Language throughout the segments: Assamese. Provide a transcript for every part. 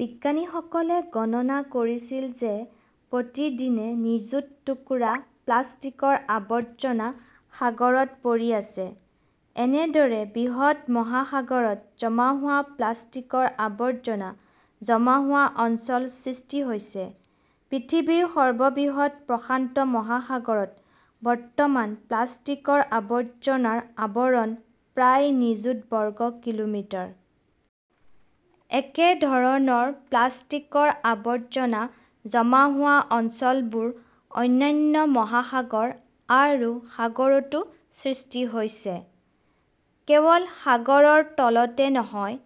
বিজ্ঞানীসকলে গণনা কৰিছিল যে প্ৰতিদিনে নিযুত টুকুৰা প্লাষ্টিকৰ আৱৰ্জনা সাগৰত পৰি আছে। এনেদৰে বৃহৎ মহাসাগৰত জমা হোৱা প্লাষ্টিকৰ আৱৰ্জনা জমা হোৱা অঞ্চল সৃষ্টি হৈছে। পৃথিৱীৰ সৰ্ববৃহৎ প্ৰশান্ত মহাসাগৰত বৰ্তমান প্লাষ্টিকৰ আৱৰ্জনাৰ আৱৰণ প্ৰায় নিযুত বৰ্গ কিলোমিটাৰ। একেধৰণৰ প্লাষ্টিকৰ আৱৰ্জনা জমা হোৱা অঞ্চলবোৰ অন্যান্য মহাসাগৰ আৰু সাগৰতো সৃষ্টি হৈছে। কেৱল সাগৰৰ তলতে নহয়,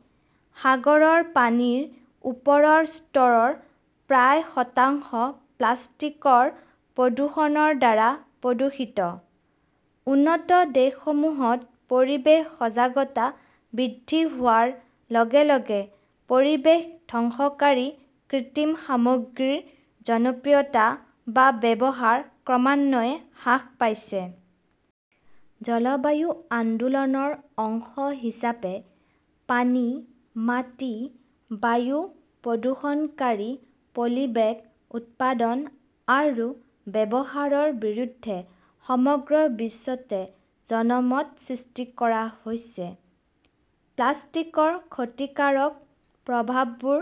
সাগৰৰ পানীৰ ওপৰৰ স্তৰৰ প্ৰায় শতাংশ প্লাষ্টিকৰ প্ৰদূষণৰ দ্বাৰা প্ৰদূষিত। উন্নত দেশসমূহত পৰিৱেশ সজাগতা বৃদ্ধি হোৱাৰ লগে লগে পৰিৱেশ ধ্বংসকাৰী কৃত্ৰিম সামগ্ৰীৰ জনপ্ৰিয়তা বা ব্যৱহাৰ ক্ৰমান্বয়ে হ্ৰাস পাইছে। জলবায়ু আন্দোলনৰ অংশ হিচাপে পানী, মাটি, বায়ু প্ৰদূষণকাৰী পলিবেগ উৎপাদন আৰু ব্যৱহাৰৰ বিৰুদ্ধে সমগ্ৰ বিশ্বতে জনমত সৃষ্টি কৰা হৈছে। প্লাষ্টিকৰ ক্ষতিকাৰক প্ৰভাৱবোৰ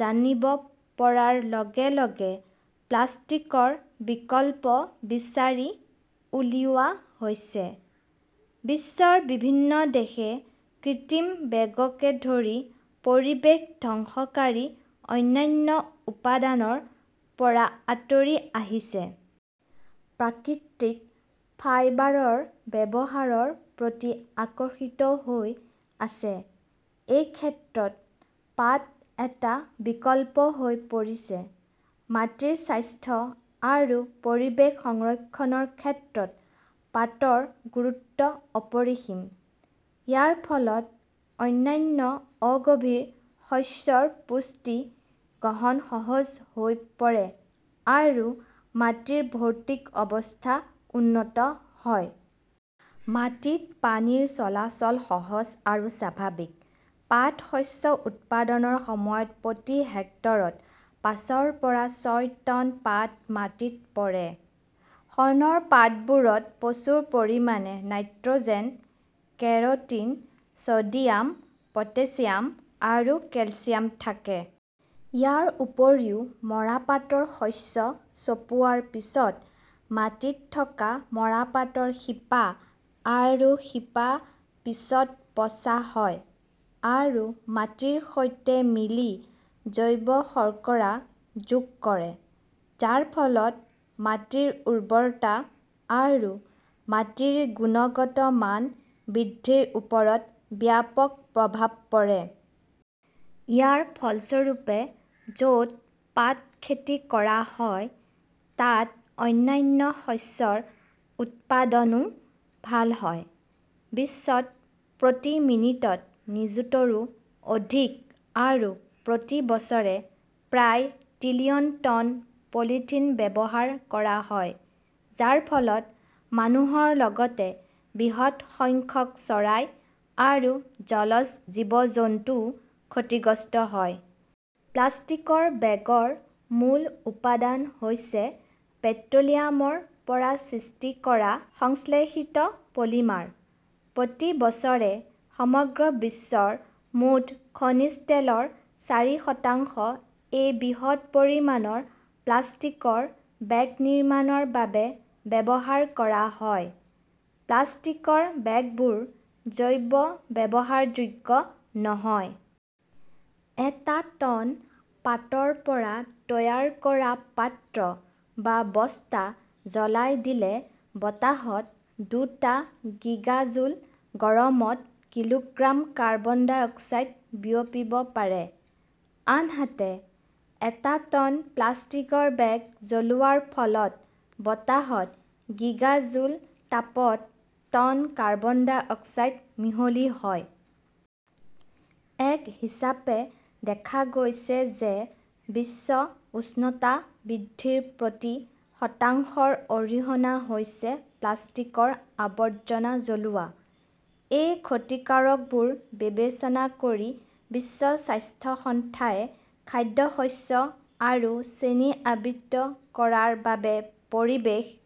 জানিব পৰাৰ লগে লগে প্লাষ্টিকৰ বিকল্প বিচাৰি উলিওৱা হৈছে। বিশ্বৰ বিভিন্ন দেশে কৃত্ৰিম বেগকে ধৰি পৰিৱেশ ধ্বংসকাৰী অন্যান্য উপাদানৰ পৰা আঁতৰি আহিছে। প্ৰাকৃতিক ফাইবাৰৰ ব্যৱহাৰৰ প্ৰতি আকৰ্ষিত হৈ আছে। এই ক্ষেত্ৰত পাট এটা বিকল্প হৈ পৰিছে। মাটিৰ স্বাস্থ্য আৰু পৰিৱেশ সংৰক্ষণৰ ক্ষেত্ৰত পাটৰ গুৰুত্ব অপৰিসীম। ইয়াৰ ফলত অন্যান্য অগভীৰ শস্যৰ পুষ্টি গ্ৰহণ সহজ হৈ পৰে আৰু মাটিৰ ভৌতিক অৱস্থা উন্নত হয়। মাটিত পানীৰ চলাচল সহজ আৰু স্বাভাৱিক। পাট শস্য উৎপাদনৰ সময়ত প্ৰতি হেক্টৰত পাঁচৰ পৰা ছয় টন পাট মাটিত পৰে। শণৰ পাতবোৰত প্ৰচুৰ পৰিমাণে "nitrogen, keratin, "sodium, potassium আৰু কেলচিয়াম থাকে। ইয়াৰ উপৰিও, মৰাপাটৰ শস্য চপোৱাৰ পিছত মাটিত থকা মৰাপাটৰ শিপা আৰু শিপা পিছত পচা হয় আৰু মাটিৰ সৈতে মিলি জৈৱ-শৰ্কৰা যোগ কৰে, যাৰ ফলত মাটিৰ উৰ্বৰতা আৰু মাটিৰ গুণগত মান বৃদ্ধিৰ ওপৰত ব্যাপক প্ৰভাৱ পৰে। ইয়াৰ ফলস্বৰূপে, য'ত পাট খেতি কৰা হয়, তাত অন্যান্য শস্যৰ উৎপাদনও ভাল হয়। বিশ্বত প্ৰতি মিনিটত নিযুতৰো অধিক আৰু প্ৰতি বছৰে প্ৰায় ত্ৰিলিয়ন টন পলিথিন ব্যৱহাৰ কৰা হয়, যাৰ ফলত মানুহৰ লগতে বৃহৎ সংখ্যক চৰাই আৰু জলজ জীৱ-জন্তুও ক্ষতিগ্ৰস্ত হয়। প্লাষ্টিকৰ বেগৰ মূল উপাদান হৈছে পেট্ৰ "লিয়ামৰ পৰা সৃষ্টি কৰা সংশ্লেষিত পলিমাৰ। প্ৰতি বছৰে সমগ্ৰ বিশ্বৰ মুঠ খনিজ তেলৰ চাৰি শতাংশ এই বৃহৎ পৰিমাণৰ প্লাষ্টিকৰ বেগ নিৰ্মাণৰ বাবে ব্যৱহাৰ কৰা হয়। প্লাষ্টিকৰ বেগবোৰ জৈৱ-ব্যৱহাৰযোগ্য নহয়। এটা টন পাটৰ পৰা তৈয়াৰ কৰা পাত্ৰ বা বস্তা জ্বলাই দিলে বতাহত দুটা গিগা জুল গৰমত কিলোগ্ৰাম কাৰ্বন ডাই অক্সাইড বিয়পিব পাৰে। আনহাতে, এটা টন প্লাষ্টিকৰ বেগ জ্বলোৱাৰ ফলত বতাহত গিগা জুল তাপত টন কাৰ্বন ডাই অক্সাইড মিহলি হয়। এক হিচাপে দেখা গৈছে যে বিশ্ব উষ্ণতা বৃদ্ধিৰ প্ৰতি শতাংশৰ অৰিহণা হৈছে প্লাষ্টিকৰ আৱৰ্জনা জ্বলোৱা। এই ক্ষতিকাৰকবোৰ বিবেচনা কৰি বিশ্ব স্বাস্থ্য সংন্থাই খাদ্যশস্য আৰু চেনি আবৃত কৰাৰ বাবে পৰিৱেশ